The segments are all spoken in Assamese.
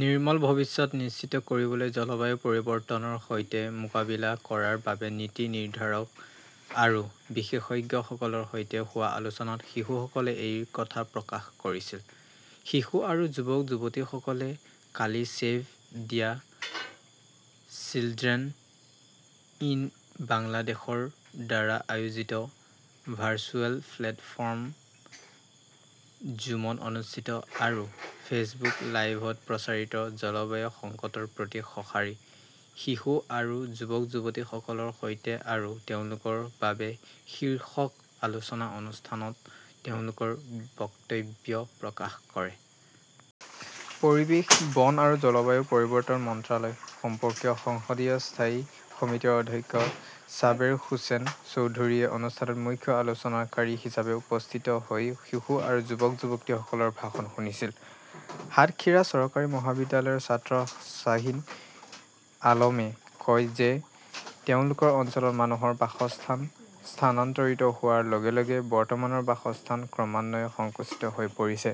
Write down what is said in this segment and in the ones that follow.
নিৰ্মল ভৱিষ্যত নিশ্চিত কৰিবলৈ জলবায়ু পৰিৱৰ্তনৰ সৈতে মোকাবিলা কৰাৰ বাবে নীতি নিৰ্ধাৰক আৰু বিশেষজ্ঞসকলৰ সৈতে হোৱা আলোচনাত শিশুসকলে এই কথা প্ৰকাশ কৰিছিল। শিশু আৰু যুৱক-যুৱতীসকলে কালি ছেভ দ্য চিলড্ৰেন ইন বাংলাদেশৰ দ্বাৰা আয়োজিত ভাৰ্চুৱেল প্লেটফৰ্ম জুমত অনুষ্ঠিত আৰু ফেচবুক লাইভত প্ৰচাৰিত 'জলবায়ু সংকটৰ প্ৰতি সঁহাৰি: শিশু আৰু যুৱক-যুৱতীসকলৰ সৈতে আৰু তেওঁলোকৰ বাবে' শীৰ্ষক আলোচনা অনুষ্ঠানত তেওঁলোকৰ বক্তব্য প্ৰকাশ কৰে। পৰিৱেশ, বন আৰু জলবায়ু পৰিৱৰ্তন মন্ত্ৰালয়, সম্পৰ্কীয় সংসদীয় স্থায়ী সমিতিৰ অধ্যক্ষ ছাবেৰ হোসেন চৌধুৰীয়ে অনুষ্ঠানত মুখ্য আলোচনাকাৰী হিচাপে উপস্থিত হৈ শিশু আৰু যুৱক-যুৱতীসকলৰ ভাষণ শুনিছিল। সাতক্ষীৰা চৰকাৰী মহাবিদ্যালয়ৰ ছাত্ৰ শ্বাহীন আলমে কয় যে, তেওঁলোকৰ অঞ্চলত মানুহৰ বাসস্থান স্থানান্তৰিত হোৱাৰ লগে লগে বৰ্তমানৰ বাসস্থান ক্ৰমান্বয়ে সংকুচিত হৈ পৰিছে।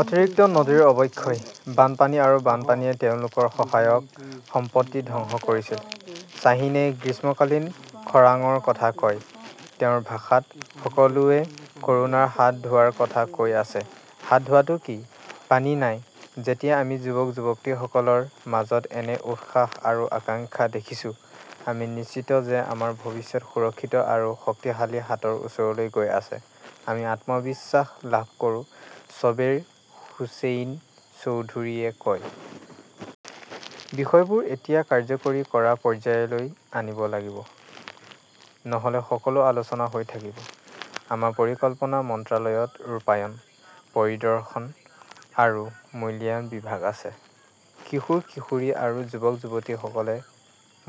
অতিৰিক্ত নদীৰ অৱক্ষয়, বানপানী আৰু বানপানীয়ে তেওঁলোকৰ সহায়ক সম্পত্তি ধ্বংস কৰিছিল। শ্বাহীনে গ্ৰীষ্মকালীন খৰাঙৰ কথা কয়। তেওঁৰ ভাষাত, "সকলোৱে ক'ৰোনাৰ হাত ধোৱাৰ কথা কৈ আছে, হাত ধোৱাটো কি? পানী নাই?" যেতিয়া আমি যুৱক-যুৱতীসকলৰ মাজত এনে উৎসাহ আৰু আকাংক্ষা দেখিছোঁ, আমি নিশ্চিত যে আমাৰ ভৱিষ্যত সুৰক্ষিত আৰু শক্তিশালী হাতৰ ওচৰলৈ গৈ আছে, আমি আত্মবিশ্বাস লাভ কৰোঁ, চাবেৰ হুছেইন চৌধুৰীয়ে কয়। বিষয়বোৰ এতিয়া কাৰ্যকৰী কৰা পৰ্যায়লৈ আনিব লাগিব, নহ'লে সকলো আলোচনা হৈ থাকিব। আমাৰ পৰিকল্পনা মন্ত্ৰালয়ত ৰূপায়ণ, পৰিদৰ্শন আৰু মূল্যায়ন বিভাগ আছে। কিশোৰ-কিশোৰী আৰু যুৱক-যুৱতীসকলে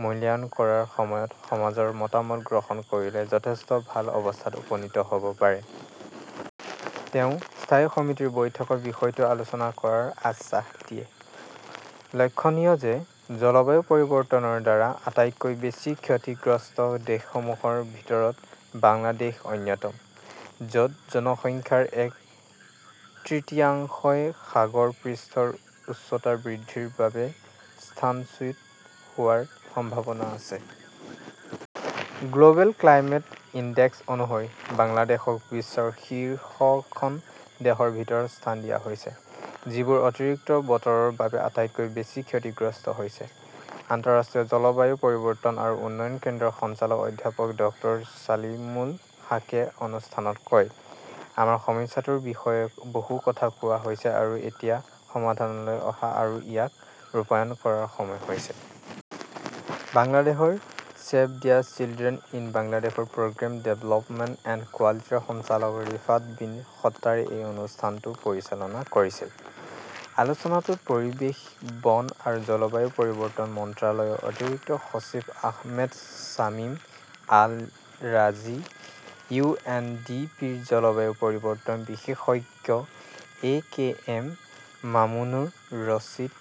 মূল্যায়ন কৰাৰ সময়ত সমাজৰ মতামত গ্ৰহণ কৰিলে যথেষ্ট ভাল অৱস্থাত উপনীত হ'ব পাৰে। তেওঁ, স্থায়ী সমিতিৰ বৈঠকত বিষয়টো আলোচনা কৰাৰ আশ্বাস । লক্ষণীয় যে, জলবায়ু পৰিৱৰ্তনৰ দ্বাৰা আটাইতকৈ বেছি ক্ষতিগ্ৰস্ত দেশসমূহৰ ভিতৰত বাংলাদেশ অন্যতম, য'ত জনসংখ্যাৰ এক তৃতীয়াংশই সাগৰ পৃষ্ঠৰ উচ্চতা বৃদ্ধিৰ বাবে স্থানচ্যুত হোৱাৰ সম্ভাৱনা আছে। গ্ল'বেল ক্লাইমেট ইনডেক্স অনুসৰি, বাংলাদেশক বিশ্বৰ শীৰ্ষখন দেশৰ ভিতৰত স্থান দিয়া হৈছে, যিবোৰ অতিৰিক্ত বতৰৰ বাবে আটাইতকৈ বেছি ক্ষতিগ্ৰস্ত হৈছে। আন্তঃৰাষ্ট্ৰীয় জলবায়ু পৰিৱৰ্তন আৰু উন্নয়ন কেন্দ্ৰৰ সঞ্চালক অধ্যাপক ডক্টৰ ছালিমুল হাকে অনুষ্ঠানত কয়, "আমাৰ সমস্যাটোৰ বিষয়ে বহু কথা কোৱা হৈছে আৰু এতিয়া সমাধানলৈ অহা আৰু ইয়াক ৰূপায়ণ কৰাৰ সময় হৈছে।" বাংলাদেশৰ ছেভ দ্য চিলড্ৰেন ইন বাংলাদেশৰ প্ৰগ্ৰেম ডেভেলপমেণ্ট এণ্ড কোৱালিটিৰ সঞ্চালক ৰিফাত বিন শট্টাৰে এই অনুষ্ঠানটো পৰিচালনা কৰিছিল। আলোচনাটোত পৰিৱেশ, বন আৰু জলবায়ু পৰিৱৰ্তন মন্ত্ৰালয়ৰ অতিৰিক্ত সচিব Ahmed Shamim Al Razi, U N D পিৰ জলবায়ু পৰিৱৰ্তন বিশেষজ্ঞ A K M Mamunur Rashid,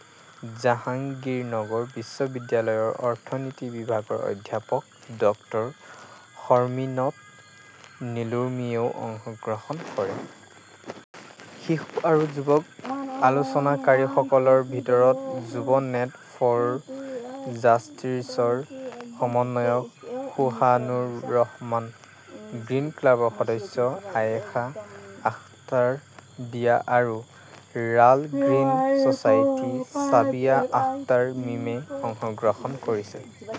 Jahangirnagar বিশ্ববিদ্যালয়ৰ অৰ্থনীতি বিভাগৰ অধ্যাপক ডক্টৰ শৰ্মিনদ নিলোৰ্মীয়েও অংশগ্ৰহণ কৰে। শিশু আৰু যুৱ আলোচনাকাৰীসকলৰ ভিতৰত যুৱ নেট ফৰ জাষ্টিছৰ সমন্বয়ক সোহানুৰ ৰহমান, গ্ৰীণ ক্লাবৰ সদস্য আয়েশা আখতাৰ দিয়া আৰু ৰাল গ্ৰীণ ছচাইটি ছাবিয়া আখতাৰ মিমে অংশগ্ৰহণ কৰিছিল।